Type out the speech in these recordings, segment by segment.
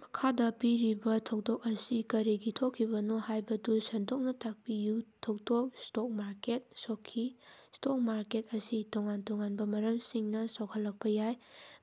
ꯃꯈꯥꯗ ꯄꯤꯔꯤꯕ ꯊꯧꯗꯣꯛ ꯑꯁꯤ ꯀꯔꯤꯒꯤ ꯊꯣꯛꯈꯤꯕꯅꯣ ꯍꯥꯏꯕꯗꯨ ꯁꯟꯗꯣꯛꯅ ꯇꯥꯛꯄꯤꯌꯨ꯫ ꯊꯧꯗꯣꯛ: ꯁ꯭ꯇꯣꯛ ꯃꯥꯔꯀꯦꯠ ꯁꯣꯛꯈꯤ꯫ ꯁ꯭ꯇꯣꯛ ꯃꯥꯔꯀꯦꯠ ꯑꯁꯤ ꯇꯣꯉꯥꯟ ꯇꯣꯉꯥꯟꯕ ꯃꯔꯝꯁꯤꯡꯅ ꯁꯣꯛꯍꯜꯂꯛꯄ ꯌꯥꯏ,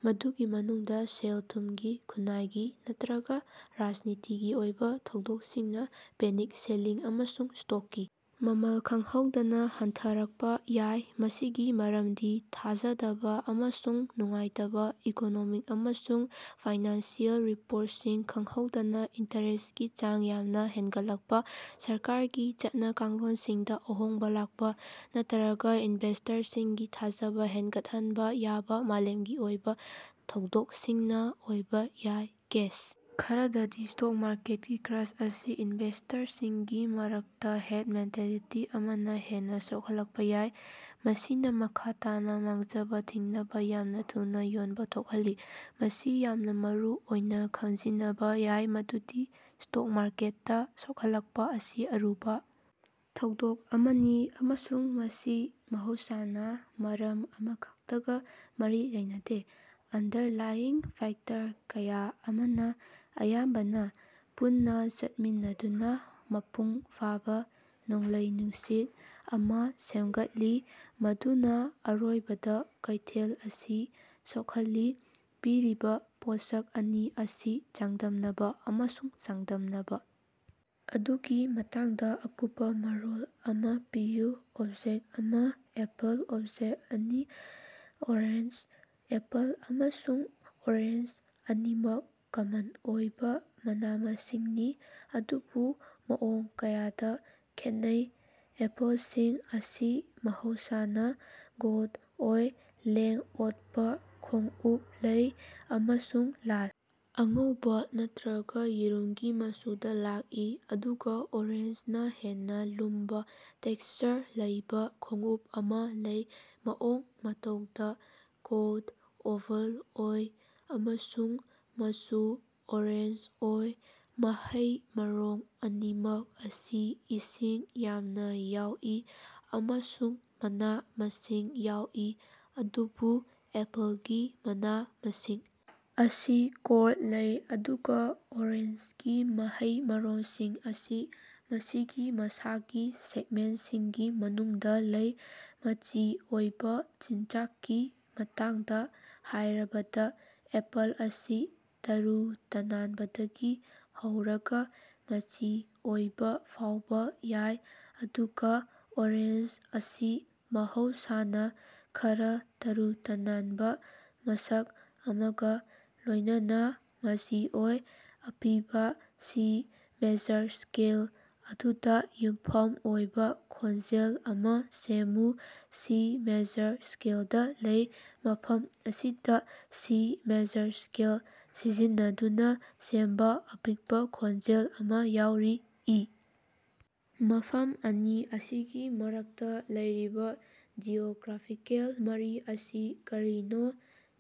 ꯃꯗꯨꯒꯤ ꯃꯅꯨꯡꯗ ꯁꯦꯜ-ꯊꯨꯝꯒꯤ, ꯈꯨꯟꯅꯥꯏꯒꯤ ꯅꯠꯇꯔꯒ ꯔꯥꯖꯅꯤꯇꯤꯒꯤ ꯑꯣꯏꯕ ꯊꯧꯗꯣꯛꯁꯤꯡꯅ ꯄꯦꯅꯤꯛ ꯁꯦꯜꯂꯤꯡ ꯑꯃꯁꯨꯡ ꯁ꯭ꯇꯣꯛꯀꯤ ꯃꯃꯜ ꯈꯪꯍꯧꯗꯅ ꯍꯟꯊꯔꯛꯄ ꯌꯥꯏ꯫ ꯃꯁꯤꯒꯤ ꯃꯔꯝꯗꯤ ꯊꯥꯖꯗꯕ ꯑꯃꯁꯨꯡ ꯅꯨꯡꯉꯥꯏꯇꯕ ꯏꯀꯣꯅꯣꯃꯤꯛ ꯑꯃꯁꯨꯡ ꯐꯥꯏꯅꯥꯟꯁꯤꯑꯦꯜ ꯔꯤꯄ꯭ꯣꯔꯠꯁꯤꯡ, ꯈꯪꯍꯧꯗꯅ ꯏꯟꯇꯔꯦꯁꯀꯤ ꯆꯥꯡ ꯌꯥꯝꯅ ꯍꯦꯒꯠꯂꯛꯄ, ꯁꯔꯀꯥꯔꯒꯤ ꯆꯠꯅ-ꯀꯥꯡꯂꯣꯅꯁꯤꯡꯗ ꯑꯍꯣꯡꯕ ꯂꯥꯛꯄ, ꯅꯠꯇꯔꯒ ꯏꯅꯚꯦꯁ꯭ꯇꯔꯁꯤꯡꯒꯤ ꯊꯥꯖꯕ ꯍꯦꯒꯠꯍꯟꯕ ꯌꯥꯕ ꯃꯥꯂꯦꯃꯒꯤ ꯑꯣꯏꯕ ꯊꯧꯗꯣꯛꯁꯤꯡꯅ ꯑꯣꯏꯕ ꯌꯥꯏ꯫ ꯀꯦꯁ ꯈꯔꯗꯗꯤ, ꯁ꯭ꯇꯣꯛ ꯃꯥꯔꯀꯦꯠꯀꯤ ꯀ꯭ꯔꯥꯁ ꯑꯁꯤ ꯏꯅꯚꯦꯁ꯭ꯇꯔꯁꯤꯡꯒꯤ ꯃꯔꯛꯇ ꯍꯦꯔ꯭ꯗ ꯃꯦꯟꯇꯦꯂꯤꯇꯤ ꯑꯃꯅ ꯍꯦꯟꯅ ꯁꯣꯛꯍꯜꯂꯛꯄ ꯌꯥꯏ, ꯃꯁꯤꯅ ꯃꯈꯥ ꯇꯥꯅ ꯃꯥꯡꯖꯕ ꯊꯤꯡꯅꯕ ꯌꯥꯝꯅ ꯊꯨꯅ ꯌꯣꯟꯕ ꯊꯣꯛꯍꯜꯂꯤ꯫ ꯃꯁꯤ ꯌꯥꯝꯅ ꯃꯔꯨꯑꯣꯏꯅ ꯈꯪꯖꯤꯅꯕ ꯌꯥꯏ ꯃꯗꯨꯗꯤ ꯁ꯭ꯇꯣꯛ ꯃꯥꯔꯀꯦꯠꯇ ꯁꯣꯛꯍꯜꯂꯛꯄ ꯑꯁꯤ ꯑꯔꯨꯕ ꯊꯧꯗꯣꯛ ꯑꯃꯅꯤ, ꯑꯃꯁꯨꯡ ꯃꯁꯤ ꯃꯍꯧꯁꯥꯅ ꯃꯔꯝ ꯑꯃꯈꯛꯇꯒ ꯃꯔꯤ ꯂꯩꯅꯗꯦ꯫ ꯑꯟꯗꯔꯂꯥꯏꯌꯤꯡ ꯐꯦꯛꯇꯔ ꯀꯌꯥ ꯑꯃꯅ ꯑꯌꯥꯝꯕꯅ ꯄꯨꯟꯅ ꯆꯠꯃꯤꯟꯅꯗꯨꯅ ꯃꯄꯨꯡ ꯐꯥꯕ ꯅꯣꯡꯂꯩ-ꯅꯨꯡꯁꯤꯠ ꯑꯃ ꯁꯦꯝꯒꯠꯂꯤ ꯃꯗꯨꯅ ꯑꯔꯣꯏꯕꯗ ꯀꯩꯊꯦꯜ ꯑꯁꯤ ꯁꯣꯈꯜꯂꯤ꯫ ꯄꯤꯔꯤꯕ ꯄꯣꯠꯁꯛ ꯑꯅꯤ ꯑꯁꯤ ꯆꯥꯡꯗꯝꯅꯕ ꯑꯃꯁꯨꯡ ꯆꯥꯡꯗꯝꯅꯕ ꯑꯗꯨꯒꯤ ꯃꯇꯥꯡꯗ ꯑꯀꯨꯞꯄ ꯃꯔꯣꯜ ꯑꯃ ꯄꯤꯌꯨ꯫ ꯑꯣꯕꯖꯦꯛ ꯑꯃ: ꯑꯦꯄꯜ ꯑꯣꯕꯖꯦꯛ ꯲: ꯑꯣꯔꯦꯟꯖ꯫ ꯑꯦꯄꯜ ꯑꯃꯁꯨꯡ ꯑꯣꯔꯦꯟꯖ ꯑꯅꯤꯃꯛ ꯀꯃꯟ ꯑꯣꯏꯕ ꯃꯅ-ꯃꯁꯤꯡꯅꯤ ꯑꯗꯨꯕꯨ ꯃꯑꯣꯡ ꯀꯌꯥꯗ ꯈꯦꯠꯅꯩ꯫ ꯑꯦꯄꯜꯁꯤꯡ ꯑꯁꯤ ꯃꯍꯧꯁꯥꯅ ꯒꯣꯜꯗ ꯑꯣꯏ, ꯂꯦꯡ-ꯑꯣꯠꯄ ꯈꯣꯡꯎꯞ ꯂꯩ, ꯑꯃꯁꯨꯡ ꯂꯥꯜ, ꯑꯉꯧꯕꯥ ꯅꯠꯇꯔꯒꯥ ꯌꯦꯔꯨꯝꯒꯤ ꯃꯆꯨꯗ ꯂꯥꯛꯏ, ꯑꯗꯨꯒ ꯑꯣꯔꯦꯟꯖꯅ ꯍꯦꯟꯅ ꯂꯨꯝꯕ, ꯇꯦꯛꯁꯆꯔ ꯂꯩꯕ ꯈꯣꯡꯎꯞ ꯑꯃ ꯂꯩ, ꯃꯑꯣꯡ-ꯃꯇꯧꯗ ꯒꯣꯜꯗ-ꯑꯣꯚꯜ ꯑꯣꯏ ꯑꯃꯁꯨꯡ ꯃꯆꯨ ꯑꯣꯔꯦꯟꯖ ꯑꯣꯏ꯫ ꯃꯍꯩ-ꯃꯔꯣꯡ ꯑꯅꯤꯃꯛ ꯑꯁꯤ ꯏꯁꯤꯡ ꯌꯥꯝꯅ ꯌꯥꯎꯏ ꯑꯃꯁꯨꯡ ꯃꯅꯥ-ꯃꯁꯤꯡ ꯌꯥꯎꯏ, ꯑꯗꯨꯕꯨ ꯑꯦꯄꯜꯒꯤ ꯃꯅꯥ-ꯃꯁꯤꯡ ꯑꯁꯤ ꯀꯣꯔ꯭ꯗ ꯂꯩ, ꯑꯗꯨꯒꯥ ꯑꯣꯔꯦꯟꯖꯒꯤ ꯃꯍꯩ-ꯃꯔꯣꯡꯁꯤꯡ ꯑꯁꯤ ꯃꯁꯤꯒꯤ ꯃꯁꯥꯒꯤ ꯁꯦꯒꯃꯦꯟꯇꯁꯤꯡꯒꯤ ꯃꯅꯨꯡꯗ ꯂꯩ꯫ ꯃꯆꯤ ꯑꯣꯏꯕ ꯆꯤꯟꯖꯥꯛꯀꯤ ꯃꯇꯥꯡꯗ ꯍꯥꯏꯔꯕꯗ, ꯑꯦꯄꯜ ꯑꯁꯤ ꯇꯔꯨ ꯇꯅꯥꯟꯕꯗꯒꯤ ꯍꯧꯔꯒ ꯃꯆꯤ ꯑꯣꯏꯕ ꯐꯥꯎꯕ ꯌꯥꯏ ꯑꯗꯨꯒ ꯑꯣꯔꯦꯟꯖ ꯑꯁꯤ ꯃꯍꯧꯁꯥꯅ ꯈꯔꯥ ꯇꯔꯨ ꯇꯅꯥꯟꯕ ꯃꯁꯛ ꯑꯃꯒ ꯂꯣꯏꯅꯅꯥ ꯃꯆꯤ ꯑꯣꯏ꯫ ꯑꯄꯤꯕ ꯁꯤ ꯃꯦꯖꯔ ꯁ꯭ꯀꯦꯜ ꯑꯗꯨꯗ ꯌꯨꯝꯐꯝ ꯑꯣꯏꯕ ꯈꯣꯟꯖꯦꯜ ꯑꯃ ꯁꯦꯝꯃꯨ꯫ ꯁꯤ ꯃꯦꯖꯔ ꯁ꯭ꯀꯦꯂꯗ ꯂꯩ꯫ ꯃꯐꯝ ꯑꯁꯤꯗ ꯁꯤ ꯃꯦꯖꯔ ꯁ꯭ꯀꯦꯜ ꯁꯤꯖꯤꯟꯅꯗꯨꯅ ꯁꯦꯝꯕ ꯑꯄꯤꯛꯄ ꯈꯣꯟꯖꯦꯜ ꯑꯃ ꯌꯥꯎꯔꯤ: ꯏ. ꯃꯐꯝ ꯑꯅꯤ ꯑꯁꯤꯒꯤ ꯃꯔꯛꯇꯥ ꯂꯩꯔꯤꯕ ꯖꯤꯑꯣꯒ꯭ꯔꯥꯐꯤꯀꯦꯜ ꯃꯔꯤ ꯑꯁꯤ ꯀꯔꯤꯅꯣ?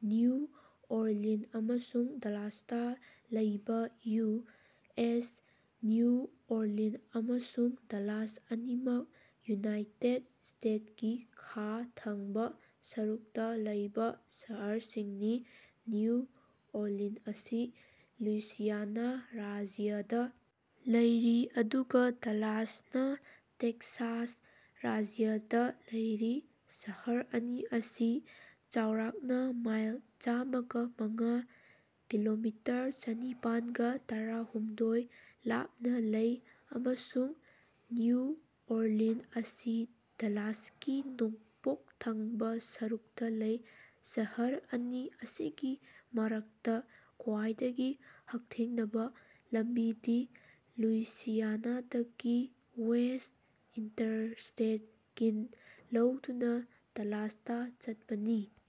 ꯅ꯭ꯌꯨ ꯑꯣꯔꯂꯤꯟ ꯑꯃꯁꯨꯡ ꯗꯂꯥꯁꯇꯥ ꯂꯩꯕꯥ ꯌꯨ. ꯑꯦꯁ ꯅ꯭ꯌꯨ ꯑꯣꯔꯂꯤꯟ ꯑꯃꯁꯨꯡ ꯗꯂꯥꯁ ꯑꯅꯤꯃꯛ ꯌꯨꯅꯥꯏꯇꯦꯗ ꯁ꯭ꯇꯦꯇꯁꯀꯤ ꯈꯥ ꯊꯪꯕꯥ ꯁꯔꯨꯛꯇ ꯂꯩꯕ ꯁꯍꯔꯁꯤꯡꯅꯤ꯫ ꯅ꯭ꯌꯨ ꯑꯣꯔꯂꯤꯟ ꯑꯁꯤ ꯂꯨꯏꯁꯤꯌꯥꯅꯥ ꯔꯥꯖ꯭ꯌꯗ ꯂꯩꯔꯤ ꯑꯗꯨꯒ ꯗꯂꯥꯁꯅ ꯇꯦꯛꯁꯥꯁ ꯔꯥꯖ꯭ꯌꯗ ꯂꯩꯔꯤ꯫ ꯁꯍꯔ ꯑꯅꯤ ꯑꯁꯤ ꯆꯥꯎꯔꯥꯛꯅ ꯃꯥꯏꯜ ꯆꯥꯝꯉꯒ ꯃꯉꯥ (ꯀꯤꯂꯣꯃꯤꯇꯔ ꯆꯅꯤꯄꯥꯟꯒ ꯇꯔꯥ ꯍꯨꯝꯗꯣꯏ) ꯂꯥꯞꯅ ꯂꯩ, ꯑꯃꯁꯨꯡ ꯅ꯭ꯌꯨ ꯑꯣꯔꯂꯤꯟ ꯑꯁꯤ ꯗꯂꯥꯁꯀꯤ ꯅꯣꯡꯄꯣꯛ ꯊꯪꯕꯥ ꯁꯔꯨꯛꯇꯥ ꯂꯩ꯫ ꯁꯍꯔ ꯑꯅꯤ ꯑꯁꯤꯒꯤ ꯃꯔꯛꯇꯥ ꯈ꯭ꯋꯥꯏꯗꯒꯤ ꯍꯛꯊꯦꯡꯅꯕ ꯂꯝꯕꯤꯗꯤ ꯂꯨꯏꯁꯤꯌꯥꯅꯥꯗꯒꯤ ꯋꯦꯁ꯭ꯠ ꯏꯟꯇꯔꯁ꯭ꯇꯦꯠ ꯀꯤꯟ ꯂꯧꯗꯨꯅ ꯗꯂꯥꯁꯇꯥ ꯆꯠꯄꯅꯤ꯫